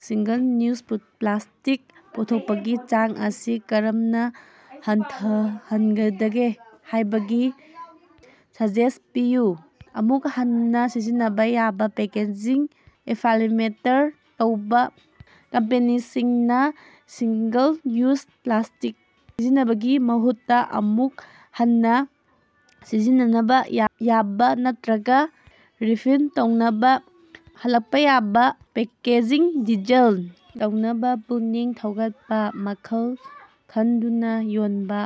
Single-use plastic ꯄꯨꯊꯣꯛꯄꯒꯤ ꯆꯥꯡ ꯑꯁꯤ ꯀꯔꯝꯅ ꯍꯟꯊꯍꯟꯒꯗꯒꯦ ꯍꯥꯏꯕꯒꯤ ꯁꯖꯦꯁꯟ ꯄꯤꯌꯨ꯫ ꯑꯃꯨꯛ ꯍꯟꯅ ꯁꯤꯖꯤꯟꯅꯕ ꯌꯥꯕꯥ ꯄꯦꯀꯦꯖꯤꯡ ꯏꯝꯄꯂꯤꯃꯦꯟꯇ ꯇꯧꯕꯥ: ꯀꯝꯄꯦꯅꯤꯁꯤꯡꯅꯥ ꯁꯤꯡꯒꯜ-ꯌꯨꯖ ꯄ꯭ꯂꯥꯁꯇꯤꯛ ꯁꯤꯖꯤꯟꯅꯕꯒꯤ ꯃꯍꯨꯠꯇ ꯑꯃꯨꯛ ꯍꯟꯅ ꯁꯤꯖꯤꯟꯅꯕ ꯌꯥꯕ ꯅꯠꯇꯔꯒ ꯔꯤꯐꯤꯜ ꯇꯧꯅꯕ ꯍꯜꯂꯛꯄ ꯌꯥꯕ ꯄꯦꯀꯦꯖꯤꯡ ꯗꯤꯖꯥꯏꯟ ꯇꯧꯅꯕ ꯄꯨꯛꯅꯤꯡ ꯊꯧꯒꯠꯄ꯫ ꯋꯥꯈꯜ ꯈꯟꯗꯨꯅ ꯌꯣꯟꯕ: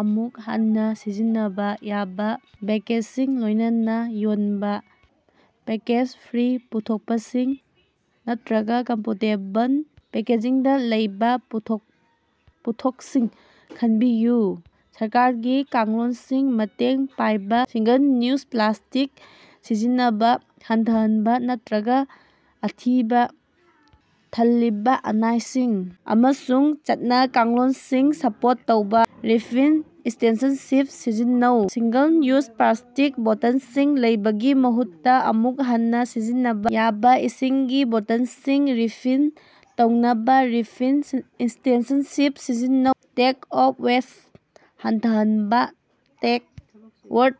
ꯑꯃꯨꯛ ꯍꯟꯅꯥ ꯁꯤꯖꯤꯟꯅꯕꯥ ꯌꯥꯕ ꯕꯦꯒꯁꯤꯡꯒꯥ ꯂꯣꯏꯅꯅ ꯌꯣꯟꯕ, ꯄꯦꯀꯦꯖ-ꯐ꯭ꯔꯤ ꯄꯣꯠꯊꯣꯛꯁꯤꯡ ꯅꯠꯇꯔꯒꯥ ꯀꯝꯄꯣꯁꯇꯦꯕꯜ ꯄꯦꯀꯦꯖꯤꯡꯗꯥ ꯂꯩꯕꯥ ꯄꯣꯠꯊꯣꯛꯁꯤꯡ ꯈꯟꯕꯤꯌꯨ꯫ ꯁꯔꯀꯥꯔꯒꯤ ꯀꯥꯡꯂꯣꯟꯁꯤꯡꯗꯥ ꯃꯇꯦꯡ ꯄꯥꯡꯕ: ꯁꯤꯡꯒꯜ-ꯌꯨꯖ ꯄ꯭ꯂꯥꯁꯇꯤꯛ ꯁꯤꯖꯤꯟꯅꯕꯥ ꯍꯟꯊꯍꯟꯕ ꯅꯠꯇꯔꯒꯥ ꯑꯊꯤꯡꯕꯥ ꯊꯝꯂꯤꯕꯥ ꯑꯥꯏꯅꯁꯤꯡ ꯑꯃꯁꯨꯡ ꯆꯠꯅ-ꯀꯥꯡꯂꯣꯟꯁꯤꯡ ꯁꯄꯣꯔꯠ ꯇꯧꯕꯥ꯫ ꯔꯤꯐꯤꯜ ꯁ꯭ꯇꯦꯁꯟꯁꯤꯡ ꯁꯤꯖꯤꯟꯅꯧ: ꯁꯤꯡꯒꯜ-ꯌꯨꯖ ꯄ꯭ꯂꯥꯁꯇꯤꯛ ꯕꯣꯇꯜꯁꯤꯡ ꯂꯧꯕꯒꯤ ꯃꯍꯨꯠꯇꯥ, ꯑꯃꯨꯛ ꯍꯟꯅꯥ ꯁꯤꯖꯤꯟꯅꯕ ꯌꯥꯕ ꯏꯁꯤꯡꯒꯤ ꯕꯣꯇꯜꯁꯤꯡ ꯔꯤꯐꯤꯜ ꯇꯧꯅꯕ ꯔꯤꯐꯤꯜ ꯁ꯭ꯇꯦꯁꯟꯁꯤꯡ ꯁꯤꯖꯤꯟꯅꯧ꯫ ꯇꯦꯛ-ꯑꯣꯐ ꯋꯦꯁꯠ ꯍꯟꯊꯍꯟꯕꯥ: ꯇꯦꯛ-ꯑꯥꯎꯠ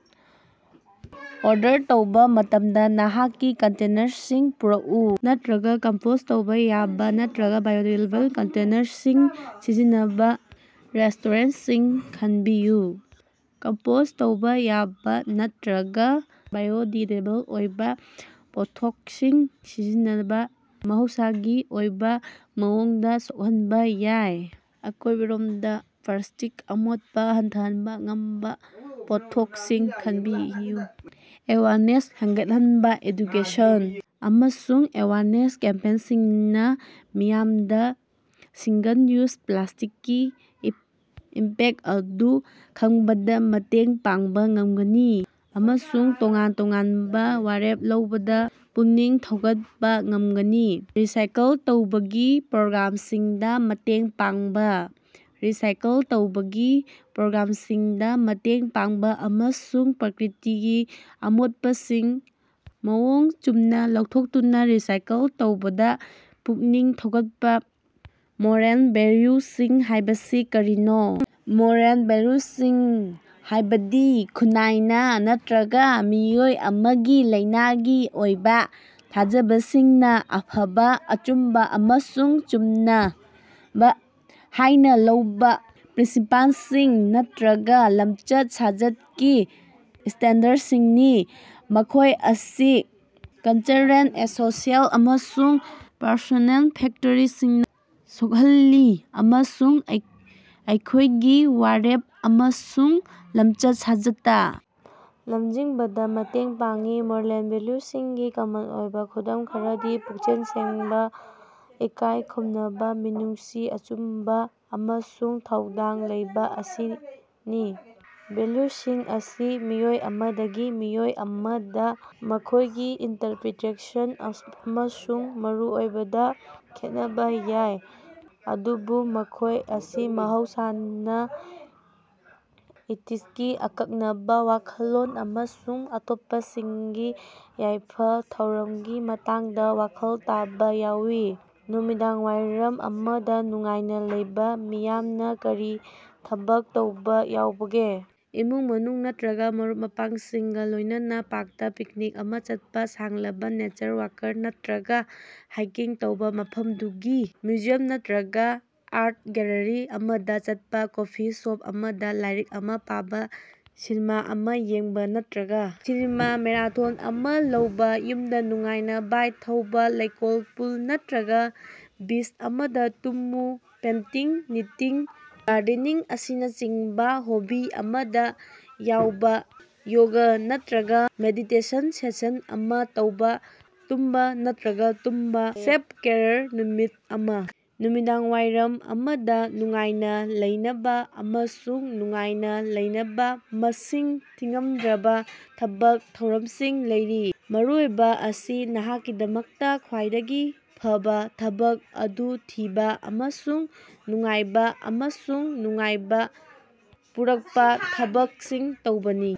ꯑꯣꯔꯗꯔ ꯇꯧꯕꯥ ꯃꯇꯝꯗ ꯅꯍꯥꯛꯀꯤ ꯀꯟꯇꯦꯅꯔꯁꯤꯡ ꯄꯨꯔꯛꯎ ꯅꯠꯇꯔꯒꯥ ꯀꯝꯄꯣꯁꯠ ꯇꯧꯕ ꯌꯥꯕ ꯅꯠꯇꯔꯒꯥ ꯕꯥꯏꯑꯣꯗꯤꯒ꯭ꯔꯦꯗꯦꯕꯜ ꯀꯟꯇꯦꯅꯔꯁꯤꯡ ꯁꯤꯖꯤꯟꯅꯕ ꯔꯦꯁꯇꯣꯔꯦꯟꯇꯁꯤꯡ ꯈꯟꯕꯤꯌꯨ꯫ ꯀꯝꯄꯣꯁꯠ ꯇꯧꯕ ꯌꯥꯕ ꯅꯠꯇꯔꯒꯥ ꯕꯥꯏꯑꯣꯗꯤꯒ꯭ꯔꯦꯗꯦꯕꯜ ꯑꯣꯏꯕ ꯄꯣꯠꯊꯣꯛꯁꯤꯡ ꯁꯤꯖꯤꯟꯅꯕ: ꯃꯍꯧꯁꯥꯒꯤ ꯑꯣꯏꯕ ꯃꯑꯣꯡꯗ ꯁꯣꯛꯍꯟꯕ ꯌꯥꯕ, ꯑꯀꯣꯏꯔꯣꯟꯗ ꯄ꯭ꯂꯥꯁꯇꯤꯛ ꯑꯃꯣꯠꯄꯥ ꯍꯟꯊꯍꯟꯕꯥ ꯉꯝꯕ ꯄꯣꯠꯊꯣꯛꯁꯤꯡ ꯈꯟꯕꯤꯌꯨ꯫ ꯑꯦꯋꯦꯌꯔꯅꯦꯁ ꯍꯦꯟꯒꯠꯍꯟꯕꯥ: ꯑꯦꯗꯨꯀꯦꯁꯟ ꯑꯃꯁꯨꯡ ꯑꯦꯋꯦꯌꯔꯅꯦꯁ ꯀꯦꯝꯄꯦꯟꯁꯤꯡꯅꯥ ꯃꯤꯌꯥꯝꯗꯥ ꯁꯤꯡꯒꯜ-ꯌꯨꯖ ꯄ꯭ꯂꯥꯁꯇꯤꯛꯀꯤ ꯏꯝꯄꯦꯛꯇ ꯑꯗꯨ ꯈꯪꯕꯗ ꯃꯇꯦꯡ ꯄꯥꯡꯕꯥ ꯉꯝꯒꯅꯤ ꯑꯃꯁꯨꯡ ꯇꯣꯉꯥꯟ ꯇꯣꯉꯥꯟꯕ ꯋꯥꯔꯦꯞ ꯂꯧꯕꯗ ꯄꯨꯛꯅꯤꯡ ꯊꯧꯒꯠꯄ ꯉꯝꯒꯅꯤ꯫ ꯔꯤꯁꯥꯏꯀꯜ ꯇꯧꯕꯒꯤ ꯄ꯭ꯔꯣꯒ꯭ꯔꯥꯃꯁꯤꯡꯗꯥ ꯃꯇꯦꯡ ꯄꯥꯡꯕꯥ: ꯔꯤꯁꯥꯏꯀꯜ ꯇꯧꯕꯒꯤ ꯄ꯭ꯔꯣꯒ꯭ꯔꯥꯃꯁꯤꯡꯗꯥ ꯃꯇꯦꯡ ꯄꯥꯡꯕꯥ ꯑꯃꯁꯨꯡ ꯄ꯭ꯂꯥꯁꯇꯤꯛ ꯑꯃꯣꯠꯄꯁꯤꯡ ꯃꯑꯣꯡ ꯆꯨꯝꯅ ꯂꯧꯊꯣꯛꯇꯨꯅꯥ ꯔꯤꯁꯥꯏꯀꯜ ꯇꯧꯕꯗꯥ ꯄꯨꯛꯅꯤꯡ ꯊꯧꯒꯠꯄꯥ꯫ ꯃꯣꯔꯦꯜ ꯚꯦꯜꯌꯨꯁꯤꯡ ꯍꯥꯏꯕꯁꯤ ꯀꯔꯤꯅꯣ? ꯃꯣꯔꯦꯜ ꯚꯦꯜꯌꯨꯁꯤꯡ ꯍꯥꯏꯕꯗꯤ ꯈꯨꯟꯅꯥꯏꯅ ꯅꯠꯇꯔꯒꯥ ꯃꯤꯑꯣꯏ ꯑꯃꯒꯤ ꯂꯅꯥꯏꯒꯤ ꯑꯣꯏꯕ ꯊꯥꯖꯕꯁꯤꯡꯅ ꯑꯐꯕ, ꯑꯆꯨꯝꯕ ꯑꯃꯁꯨꯡ ꯆꯨꯅꯕ ꯍꯥꯏꯅ ꯂꯧꯕ ꯄ꯭ꯔꯤꯟꯁꯤꯄꯜꯁꯤꯡ ꯅꯠꯇꯔꯒꯥ ꯂꯝꯆꯠ-ꯁꯥꯖꯠꯀꯤ ꯁ꯭ꯇꯦꯟꯗꯔꯗꯁꯤꯡꯅꯤ꯫ ꯃꯈꯣꯏ ꯑꯁꯤ ꯀꯂꯆꯔꯦꯜ, ꯁꯣꯁꯤꯑꯦꯜ ꯑꯃꯁꯨꯡ ꯄꯔꯁꯣꯅꯦꯜ ꯐꯦꯛꯇꯔꯁꯤꯡꯅꯥ ꯁꯣꯛꯍꯜꯂꯤ ꯑꯃꯁꯨꯡ ꯑꯩꯈꯣꯏꯒꯤ ꯋꯥꯔꯦꯞ ꯑꯃꯁꯨꯡ ꯂꯝꯆꯠ-ꯁꯥꯖꯠꯇꯥ ꯂꯝꯖꯤꯡꯕꯗꯥ ꯃꯇꯦꯡ ꯄꯥꯡꯏ꯫ ꯃꯣꯔꯦꯜ ꯚꯦꯜꯌꯨꯁꯤꯡꯒꯤ ꯀꯃꯟ ꯑꯣꯏꯕꯥ ꯈꯨꯗꯝ ꯈꯔꯗꯤ ꯄꯨꯛꯆꯦꯜ ꯁꯦꯡꯕꯥ, ꯏꯀꯥꯏ ꯈꯨꯝꯅꯕ, ꯃꯤꯅꯨꯡꯁꯤ, ꯑꯆꯨꯝꯕ ꯑꯃꯁꯨꯡ ꯊꯧꯗꯥꯡ ꯂꯧꯕꯥ ꯑꯁꯤꯅꯤ꯫ ꯚꯦꯜꯌꯨꯁꯤꯡ ꯑꯁꯤ ꯃꯤꯑꯣꯏ ꯑꯃꯗꯒꯤ ꯃꯤꯑꯣꯏ ꯑꯃꯗ ꯃꯈꯣꯏꯒꯤ ꯏꯟꯇꯔꯄꯔꯤꯇꯦꯁꯟ ꯑꯃꯁꯨꯡ ꯃꯔꯨꯑꯣꯏꯕꯗꯥ ꯈꯦꯠꯅꯕ ꯌꯥꯏ, ꯑꯗꯨꯕꯨ ꯃꯈꯣꯏ ꯑꯁꯤ ꯃꯍꯧꯁꯥꯅ ꯏꯊꯤꯛꯁꯀꯤ ꯑꯀꯅꯕꯥ ꯋꯥꯈꯜꯂꯣꯟ ꯑꯃꯁꯨꯡ ꯑꯇꯣꯞꯄꯁꯤꯡꯒꯤ ꯌꯥꯏꯐ-ꯊꯧꯔꯥꯡꯒꯤ ꯃꯇꯥꯡꯗꯥ ꯋꯥꯈꯜ ꯇꯥꯕꯥ ꯌꯥꯎꯏ꯫ ꯅꯨꯃꯤꯗꯥꯡꯋꯥꯏꯔꯝ ꯑꯃꯗꯥ ꯅꯨꯡꯉꯥꯏꯅꯥ ꯂꯩꯅꯕꯥ ꯃꯤꯌꯥꯝꯅꯥ ꯀꯔꯤ ꯊꯕꯛ ꯇꯧꯕꯥ ꯌꯥꯎꯕꯒꯦ? ꯏꯃꯨꯡ ꯃꯅꯨꯡ ꯅꯠꯇꯔꯒꯥ ꯃꯔꯨꯞ ꯃꯄꯥꯡꯁꯤꯡꯒꯥ ꯂꯣꯏꯅꯅ ꯄꯥꯔꯛꯇꯥ ꯄꯤꯛꯅꯤꯛ ꯑꯃꯥ ꯆꯠꯄꯥ ꯁꯥꯡꯂꯕꯥ ꯅꯦꯆꯔ ꯋꯥꯀꯔ ꯅꯠꯇꯔꯒꯥ ꯍꯥꯏꯀꯤꯡ ꯇꯧꯕꯥ ꯃꯐꯝꯗꯨꯒꯤ ꯃ꯭ꯌꯨꯖꯤꯌꯝ ꯅꯠꯇꯔꯒꯥ ꯑꯥꯔꯠ ꯒꯦꯜꯂꯔꯤ ꯑꯃꯗꯥ ꯆꯠꯄꯥ ꯀꯣꯐꯤ ꯁꯣꯞ ꯑꯃꯗꯥ ꯂꯥꯏꯔꯤꯛ ꯑꯃꯥ ꯄꯥꯕꯥ ꯁꯤꯅꯦꯃꯥ ꯑꯃꯥ ꯌꯦꯡꯕꯥ ꯅꯠꯇꯔꯒꯥ ꯁꯤꯅꯦꯃꯥ ꯃꯦꯔꯥꯊꯣꯟ ꯑꯃꯥ ꯂꯧꯕꯥ꯫ ꯌꯨꯃꯗꯥ ꯅꯨꯡꯉꯥꯏꯅꯥ ꯕꯥꯏꯛ ꯊꯧꯕꯥ ꯂꯣꯀꯦꯜ ꯄꯨꯜ ꯅꯠꯇꯔꯒꯥ ꯕꯤꯆ ꯑꯃꯗꯥ ꯇꯨꯝꯃꯨ ꯄꯦꯟꯇꯤꯡ, ꯅꯤꯇꯤꯡ, ꯒꯥꯔꯗꯦꯅꯤꯡ ꯑꯁꯤꯅꯆꯤꯡꯕꯥ ꯍꯣꯕꯤ ꯑꯃꯗꯥ ꯌꯥꯎꯕꯥ ꯌꯣꯒ ꯅꯠꯇꯔꯒꯥ ꯃꯦꯗꯤꯇꯦꯁꯟ ꯁꯦꯁꯟ ꯑꯃꯥ ꯇꯧꯕꯥ ꯇꯨꯝꯕꯥ ꯅꯠꯇꯔꯒꯥ ꯇꯨꯝꯕꯥ꯫ ꯁꯦꯜꯐ-ꯀꯦꯌꯔ ꯅꯨꯃꯤꯠ ꯑꯃꯥ꯫ ꯅꯨꯃꯤꯗꯥꯡꯋꯥꯏꯔꯝ ꯑꯃꯗꯥ ꯅꯨꯡꯉꯥꯏꯅꯥ ꯂꯩꯅꯕꯥ ꯑꯃꯁꯨꯡ ꯅꯨꯡꯉꯥꯏꯅꯥ ꯂꯩꯅꯕꯥ ꯃꯁꯤꯡ ꯊꯤꯡꯃꯗ꯭ꯔꯕꯥ ꯊꯕꯛ ꯊꯧꯔꯝꯁꯤꯡ ꯂꯩꯔꯤ꯫ ꯃꯔꯨꯑꯣꯏꯕꯥ ꯑꯁꯤ ꯅꯍꯥꯛꯀꯤꯗꯃꯛꯇꯥ ꯈ꯭ꯋꯥꯏꯗꯒꯤ ꯐꯕꯥ ꯊꯕꯛ ꯑꯗꯨ ꯊꯤꯕ ꯑꯃꯁꯨꯡ ꯅꯨꯡꯉꯥꯏꯕꯥ ꯑꯃꯁꯨꯡ ꯅꯨꯡꯉꯥꯏꯕꯥ ꯄꯨꯔꯛꯄꯥ ꯊꯕꯛꯁꯤꯡ ꯇꯧꯕꯅꯤ꯫